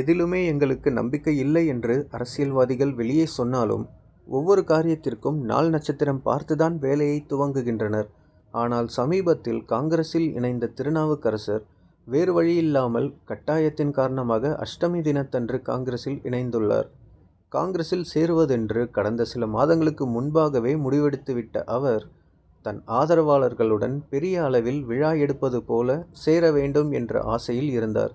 எதிலுமே எங்களுக்கு நம்பிக்கையில்லை என்று அரசியல்வாதிகள் வெளியே சொன்னாலும், ஒவ்வொரு காரியத்திற்கும் நாள் நட்சத்திரம் பார்த்து தான் வேலையைத் துவங்குகின்றனர். ஆனால், சமீபத்தில் காங்கிரசில் இணைந்த திருநாவுக்கரசர் வேறு வழியில்லாமல் கட்டாயத்தின் காரணமாக அஷ்டமி தினத்தன்று காங்கிரசில் இணைந்துள்ளார். காங்கிரசில் சேருவதென்று கடந்த சில மாதங்களுக்கு முன்பாகவே முடிவெடுத்துவிட்ட அவர், தன் ஆதரவாளர்களுடன் பெரிய அளவில் விழா எடுப்பது போல சேர வேண்டும் என்ற ஆசையில் இருந்தார்.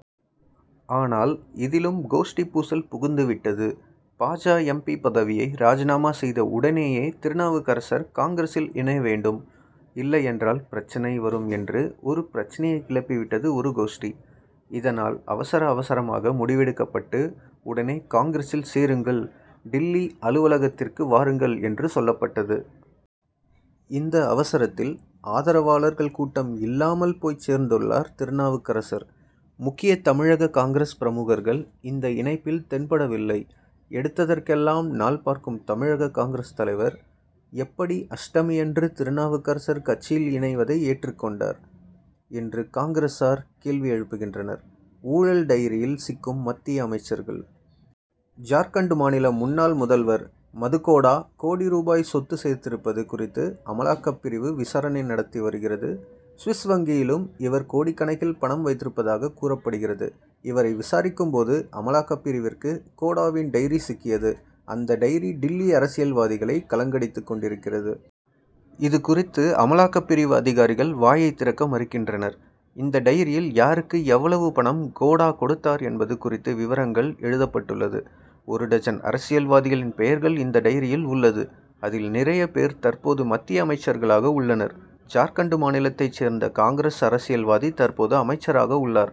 ஆனால், இதிலும் கோஷ்டி பூசல் புகுந்துவிட்டது. பா. ஜ. எம். பி. பதவியை ராஜினாமா செய்த உடனேயே திருநாவுக்கரசர் காங்கிரசில் இணைய வேண்டும், இல்லையென்றால் பிரச்னை வரும் என்று ஒரு பிரச்னையை கிளப்பி விட்டது ஒரு கோஷ்டி. இதனால், அவசர அவசரமாக முடிவெடுக்கப்பட்டு உடனே காங்கிரசில் சேருங்கள், டில்லி அலுவலகத்திற்கு வாருங்கள் என்று சொல்லப்பட்டது. இந்த அவசரத்தில் ஆதரவாளர்கள் கூட்டம் இல்லாமல் போய்ச் சேர்ந்துள்ளார் திருநாவுக்கரசர். முக்கிய தமிழக காங்கிரஸ் பிரமுகர்கள் இந்த இணைப்பில் தென்படவில்லை. எடுத்ததற்கெல்லாம் நாள் பார்க்கும் தமிழக காங்கிரஸ் தலைவர் எப்படி அஷ்டமியன்று திருநாவுக்கரசர் கட்சியில் இணைவதை ஏற்றுக் கொண்டார்' என்று காங்கிரசார் கேள்வி எழுப்புகின்றனர். ஊழல் டைரியில் சிக்கும் மத்திய அமைச்சர்கள்? ஜார்க்கண்ட் மாநில முன்னாள் முதல்வர் மதுகோடா, கோடி ரூபாய் சொத்து சேர்த்திருப்பது குறித்து அமலாக்கப்பிரிவு விசாரணை நடத்தி வருகிறது. சுவிஸ் வங்கியிலும் இவர் கோடிக்கணக்கில் பணம் வைத்திருப்பதாக கூறப்படுகிறது. இவரை விசாரிக்கும் போது, அமலாக்கப்பிரிவிற்கு கோடாவின் டைரி சிக்கியது. அந்த டைரி டில்லி அரசியல்வாதிகளை கலங்கலடித்துக் கொண்டிருக்கிறது. இது குறித்து அமலாக்கப்பிரிவு அதிகாரிகள் வாயைத் திறக்க மறுக்கின்றனர். இந்த டைரியில் யாருக்கு எவ்வளவு பணம் கோடா கொடுத்தார் என்பது குறித்து விவரங்கள் எழுதப்பட்டுள்ளது. ஒரு டஜன் அரசியல்வாதிகளின் பெயர்கள் இந்த டைரியில் உள்ளது. அதில், நிறைய பேர் தற்போது மத்திய அமைச்சர்களாக உள்ளனர். ஜார்க்கண்ட் மாநிலத்தைச் சேர்ந்த காங்கிரஸ் அரசியல்வாதி தற்போது அமைச்சராக உள்ளார்.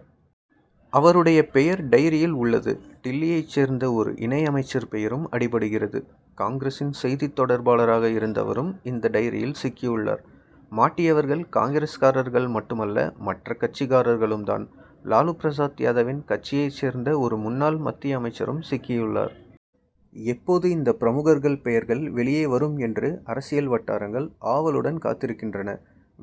அவருடைய பெயர் டைரியில் உள்ளது. டில்லியைச் சேர்ந்த ஒரு இணை அமைச்சர் பெயரும் அடிபடுகிறது. காங்கிரசின் செய்தி தொடர்பாளராக இருந்தவரும் இந்த டைரியில் சிக்கியுள்ளார். மாட்டியவர்கள் காங்கிரஸ்காரர்கள் மட்டுமல்ல, மற்ற கட்சிக்காரர்களும் தான். லாலு பிரசாத் யாதவின் கட்சியைச் சேர்ந்த ஒரு முன்னாள் மத்திய அமைச்சரும் சிக்கியுள்ளார். எப்போது இந்த பிரமுகர்கள் பெயர்கள் வெளியே வரும் என்று அரசியல் வட்டாரங்கள் ஆவலுடன் காத்திருக்கின்றன.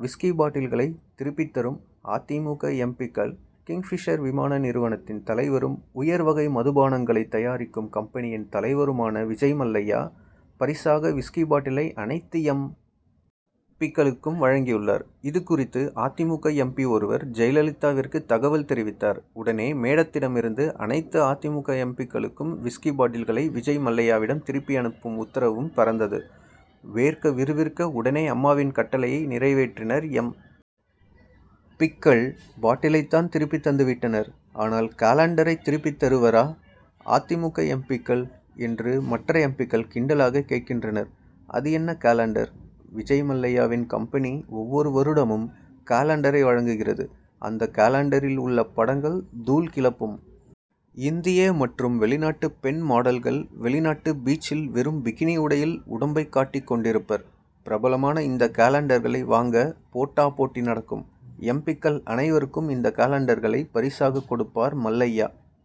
விஸ்கி பாட்டில்களை திருப்பித் தரும் அ. தி. மு. க., எம். பி.,க்கள்கிங் பிஷர் விமான நிறுவனத்தின் தலைவரும், உயர் வகை மதுபானங்களைத் தயாரிக்கும் கம்பெனியின் தலைவருமான விஜய் மல்லையா, பரிசாக விஸ்கி பாட்டிலை அனைத்து எம். பி.,க்களுக்கும் வழங்கியுள்ளார். இது குறித்து அ. தி. மு. க., எம். பி., ஒருவர் ஜெயலலிதாவிற்கு தகவல் தெரிவித்தார். உடனே மேடத்திடமிருந்து அனைத்து அ. தி. மு. க., எம். பி.,க்களுக்கும் விஸ்கி பாட்டில்களை விஜய் மல்லையாவிடம் திருப்பி அனுப்பும்' உத்தரவும் பறந்தது. வேர்க்க விறுவிறுக்க உடனே அம்மாவின் கட்டளையை நிறைவேற்றினர் எம். பி.,க்கள். பாட்டிலைத் தான் திருப்பித் தந்துவிட்டனர். ஆனால் காலண்டரைத் திருப்பித் தருவரா அ. தி. மு. க., எம். பி.,க்கள்? என்று மற்ற எம். பி.,க்கள் கிண்டலாகக் கேட்கின்றனர். அது என்ன காலண்டர். விஜய் மல்லையாவின் கம்பெனி ஒவ்வொரு வருடமும் காலண்டரை வழங்குகிறது. அந்த காலண்டரில் உள்ள படங்கள் தூள் கிளப்பும். இந்திய மற்றும் வெளிநாட்டு பெண் மாடல்கள் வெளிநாட்டு பீச்சில் வெறும் பிகினி உடையில் உடம்பைக் காட்டிக் கொண்டிருப்பர். பிரபலமான இந்த காலண்டர்களை வாங்க போட்டா போட்டி நடக்கும். எம். பி.,க்கள் அனைவருக்கும் இந்த காலண்டர்களை பரிசாகக் கொடுப்பார் மல்லையா.